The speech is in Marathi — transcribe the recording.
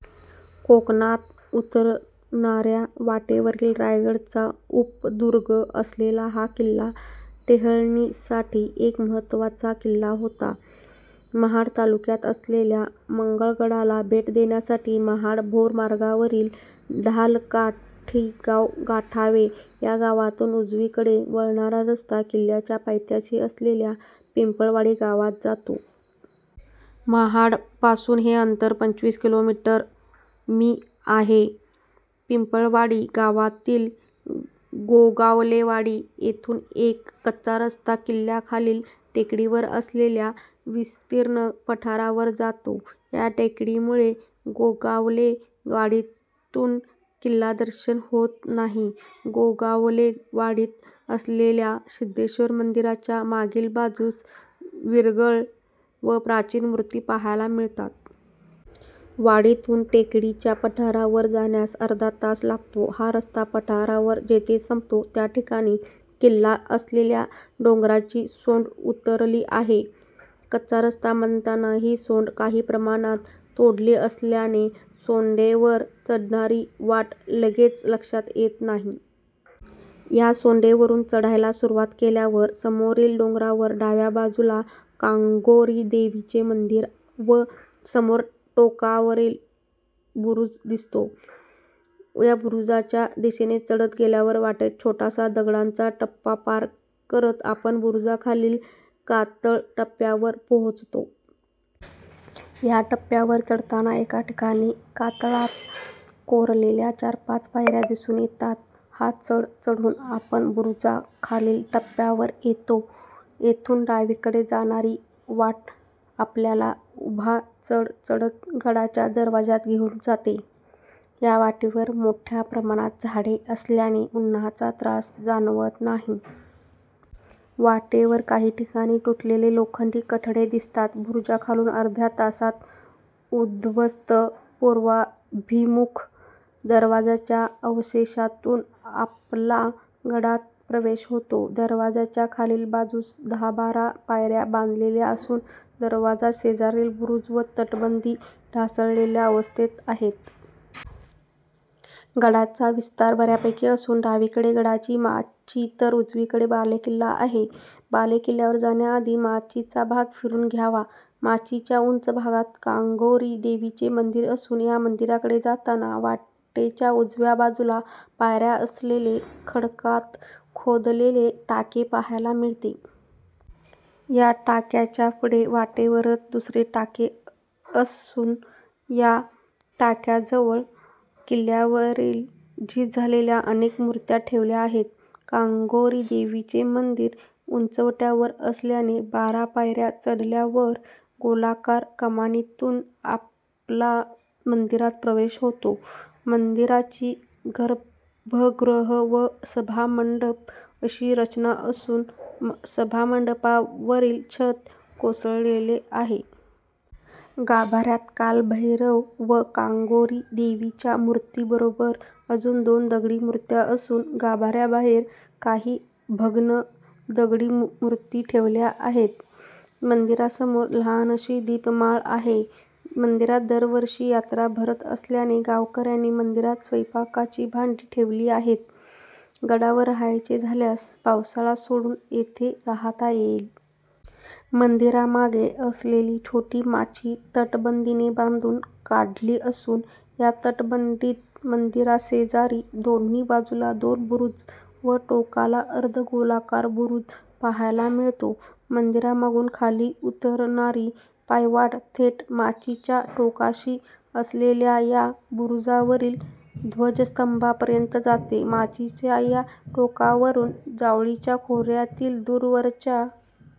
कोकणात उतरणाऱ्या वाटेवरील रायगडचा उपदुर्ग असलेला हा किल्ला टेहळणीसाठी एक महत्वाचा किल्ला होता. महाड तालुक्यात असलेल्या मंगळगडला भेट देण्यासाठी महाड भोर मार्गावरील ढालकाठी गाव गाठावे. या गावातुन उजवीकडे वळणारा रस्ता किल्ल्याच्या पायथ्याशी असलेल्या पिंपळवाडी गावात जातो. महाडपासून हे अंतर पंचवीस किलोमीटर. मी. आहे. पिंपळवाडी गावातील गोगावलेवाडी येथुन एक कच्चा रस्ता किल्ल्याखालील टेकडीवर असलेल्या विस्तीर्ण पठारावर जातो. या टेकडीमुळे गोगावले वाडीतुन किल्लादर्शन होत नाही. गोगावले वाडीत असलेल्या सिध्देश्वर मंदिराच्या मागील बाजूस विरगळ व प्राचीन मुर्ती पहायला मिळतात. वाडीतून टेकडीच्या पठारावर जाण्यास अर्धा तास लागतो. हा रस्ता पठारावर जेथे संपतो त्या ठिकाणी किल्ला असलेल्या डोंगराची सोंड उतरली आहे. कच्चा रस्ता बांधताना हि सोंड काही प्रमाणात तोडली असल्याने सोंडेवर चढणारी वाट लगेच लक्षात येत नाही. या सोंडेवरून चढायला सुरवात केल्यावर समोरील डोंगरावर डाव्या बाजुला कांगोरी देवीचे मंदीर व समोर टोकावरील बुरुज दिसतो. या बुरुजाच्या दिशेने चढत गेल्यावर वाटेत छोटासा दगडांचा टप्पा पार करत आपण बुरुजाखालील कातळ टप्प्यावर पोहोचतो. या टप्प्यावर चढताना एका ठिकाणी कातळात कोरलेल्या चार-पाच पायऱ्या दिसुन येतात. हा चढ चढुन आपण बुरुजाखालील टप्प्यावर येतो. येथुन डावीकडे जाणारी वाट आपल्याला उभा चढ चढत गडाच्या दरवाजात घेऊन जाते. या वाटेवर मोठया प्रमाणात झाडे असल्याने उन्हाचा त्रास जाणवत नाही. वाटेवर काही ठिकाणी तुटलेले लोखंडी कठडे दिसतात. बुरुजाखालुन अर्ध्या तासात उध्वस्त पुर्वाभिमुख दरवाजाच्या अवशेषातुन आपला गडात प्रवेश होतो. दरवाजाच्या खालील बाजूस दहाबारा पायऱ्या बांधलेल्या असुन दरवाजा शेजारील बुरुज व तटबंदी ढासळलेल्या अवस्थेत आहेत. गडाचा विस्तार बऱ्यापैकी असुन डावीकडे गडाची माची तर उजवीकडे बालेकिल्ला आहे. बालेकिल्ल्यावर जाण्याआधी माचीचा भाग फिरून घ्यावा. माचीच्या उंच भागात कांगोरी देवीचे मंदीर असुन या मंदिराकडे जाताना वाटेच्या उजव्या बाजुला पायऱ्या असलेले खडकात खोदलेले टाके पहायला मिळते. या टाक्याच्या पुढे वाटेवरच दुसरे टाके असुन या टाक्याजवळ किल्ल्यावरील झीज झालेल्या अनेक मुर्त्या ठेवल्या आहेत. कांगोरी देवीचे मंदीर उंचवट्यावर असल्याने बारा पायऱ्या चढल्यावर गोलाकार कमानीतुन आपला मंदिरात प्रवेश होतो. मंदिराची गर्भगृह व सभामंडप अशी रचना असुन सभामंडपावरील छत कोसळलेले आहे. गाभाऱ्यात काळभैरव व कांगोरीदेवीच्या मुर्तीबरोबर अजुन दोन दगडी मूर्त्या असुन गाभाऱ्याबाहेर काही भग्न दगडी मुर्ती ठेवल्या आहेत. मंदीरासमोर लहानशी दीपमाळ आहे. मंदिरात दरवर्षी यात्रा भरत असल्याने गावकऱ्यानी मंदिरात स्वयंपाकाची भांडी ठेवली आहेत. गडावर रहायचे झाल्यास पावसाळा सोडुन येथे रहाता येईल. मंदिरामागे असलेली छोटी माची तटबंदीने बांधुन काढली असुन या तटबंदीत मंदिराशेजारी दोन्ही बाजुला दोन बुरुज व टोकाला अर्धगोलाकार बुरुज पहायला मिळतो. मंदिरामागुन खाली उतरणारी पायवाट थेट माचीच्या टोकाशी असलेल्या या बुरुजावरील ध्वजस्तंभापर्यंत जाते. माचीच्या या टोकावरुन जावळीच्या खोऱ्यातील दूरवरच्या--